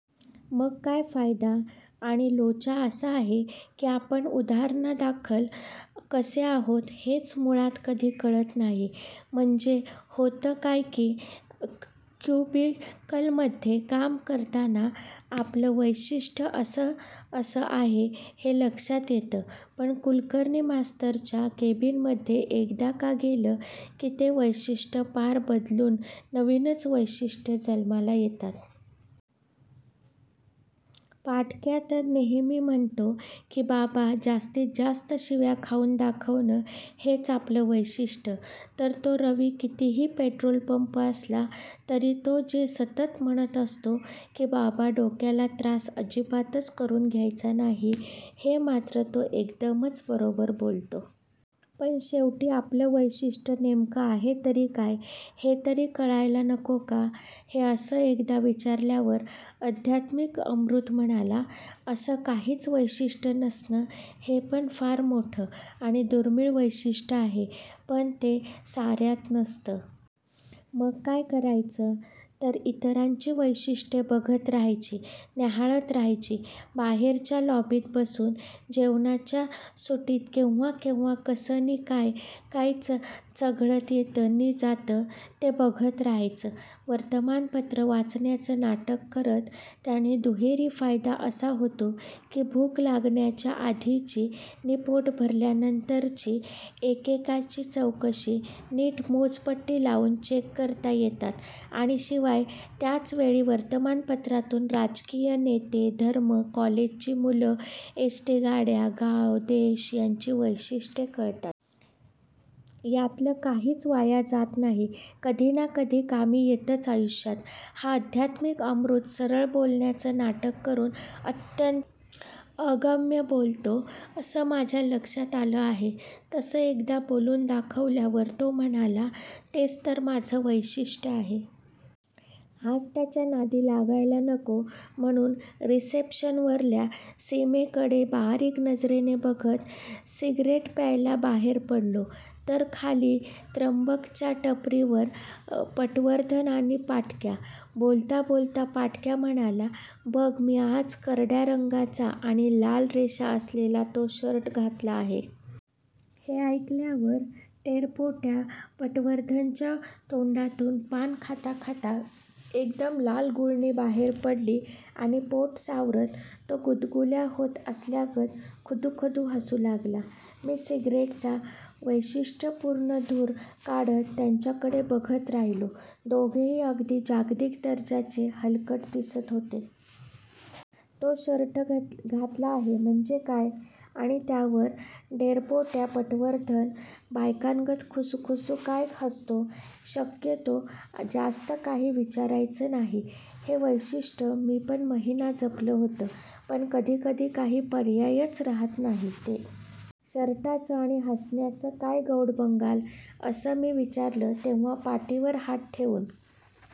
मग काय फायदा? आणि लोचा असा आहे, की आपण उदाहरणादाखल कसे आहोत हेच मुळात कधी कळत नाही. म्हणजे होतं काय की क्युबिकलमध्ये काम करताना आपलं वैशिष्ठ्य असं असं आहे, हे लक्षात येतं, पण कुलकर्णी मास्तरच्या केबिनमध्ये एकदा का गेलं, की ते वैशिष्ठ्य पार बदलून नवीनच वैशिष्ठ्ये जन्माला येतात. पाठक्या तर नेहमी म्हणतो की बाबा, जास्तीत जास्त शिव्या खाऊन दाखवणं हेच आपलं वैशिष्ठ्य. तर तो रवी कितीही पेट्रोलपंप असला, तरी तो जे सतत म्हणत असतो, की बाबा डोक्याला त्रास अजिबातच करून घ्यायचा नाही, हे मात्र तो एकदमच बरोबर बोलतो. पण शेवटी आपलं वैशिष्ठ्य नेमकं आहे तरी काय, हे तरी कळायला नको का? हे असं एकदा विचारल्यावर अध्यात्मिक अमृत म्हणाला- असं काहीच वैशिष्ठ्य नसणं हे पण फार मोठं आणि दुर्मिळ वैशिष्ठ्य आहे. पण ते सार्यांत नसतं. मग काय करायचं? तर इतरांची वैशिष्ठ्ये बघत राहायची न्याहाळत राहायची. बाहेरच्या लॉबीत बसून जेवणाच्या सुटीत केव्हा केव्हा कसं नि काय काय चघळत येतं नि जातं, ते बघत राहायचं, वर्तमानपत्रं वाचण्याचं नाटक करत. याने दुहेरी फायदा असा होतो, की भूक लागायच्या आधीची नि पोट भरल्यानंतरची एकेकाची वैशिष्ठ्ये नीट मोजपट्टी लावून चेक करता येतात, आणि शिवाय त्याचवेळी वर्तमानपत्रातून राजकीय नेते, धर्म, कॉलेजची मुलं, एस्टीगाड्या, गावं, देश यांची वैशिष्ठ्ये कळतात. यातलं काहीच वाया जात नाही. कधी ना कधी कामी येतंच आयुष्यात. हा अध्यात्मिक अमृत सरळ बोलण्याचं नाटक करून अत्यंत अगम्य बोलतो असं माझ्या लक्षात आलं आहे. तसं एकदा बोलून दाखवल्यावर तो म्हणाला- तेच तर माझं वैशिष्ठ्य आहे. आज त्याच्या नादी लागायला नको, म्हणून रिसेप्शनवरल्या सीमेकडे बारीक नजरेने बघत सिग्रेट प्यायला बाहेर पडलो, तर खाली त्रिंबकच्या टपरीवर पटवर्धन आणि पाठक्या. बोलता बोलता पाठक्या म्हणाला बघ मी आज करड्या रंगाचा आणि लाल रेषा असलेला 'तो' शर्ट घातला आहे. हे ऐकल्यावर ढेरपोट्या पटवर्धनाच्या तोंडातून पान खाता खाता एकदम लाल गुळणी बाहेर पडली, आणि पोट सावरत तो गुदगुल्या होत असल्यागत खुदूखुदू हसू लागला. मी सिग्रेटचा वैशिष्ठ्यपूर्ण धूर काढत त्यांच्याकडे बघत राहिलो. दोघेही अगदी जागतिक दर्जाचे हलकट दिसत होते. 'तो' शर्ट घातला आहे म्हणजे काय? आणि त्यावर ढेरपोट्या पटवर्धन बायकांगत खुसूखुसू काय हसतो? शक्यतो जास्त काही विचारायचं नाही- हे वैशिष्ठ्य मी एक महिना जपलं होतं. पण कधीकधी काही पर्यायच राहत नाही. ते शर्टाचं आणि हसण्याचं काय गौडबंगाल- असं मी विचारलं तेव्हा पाठीवर हात ठेऊन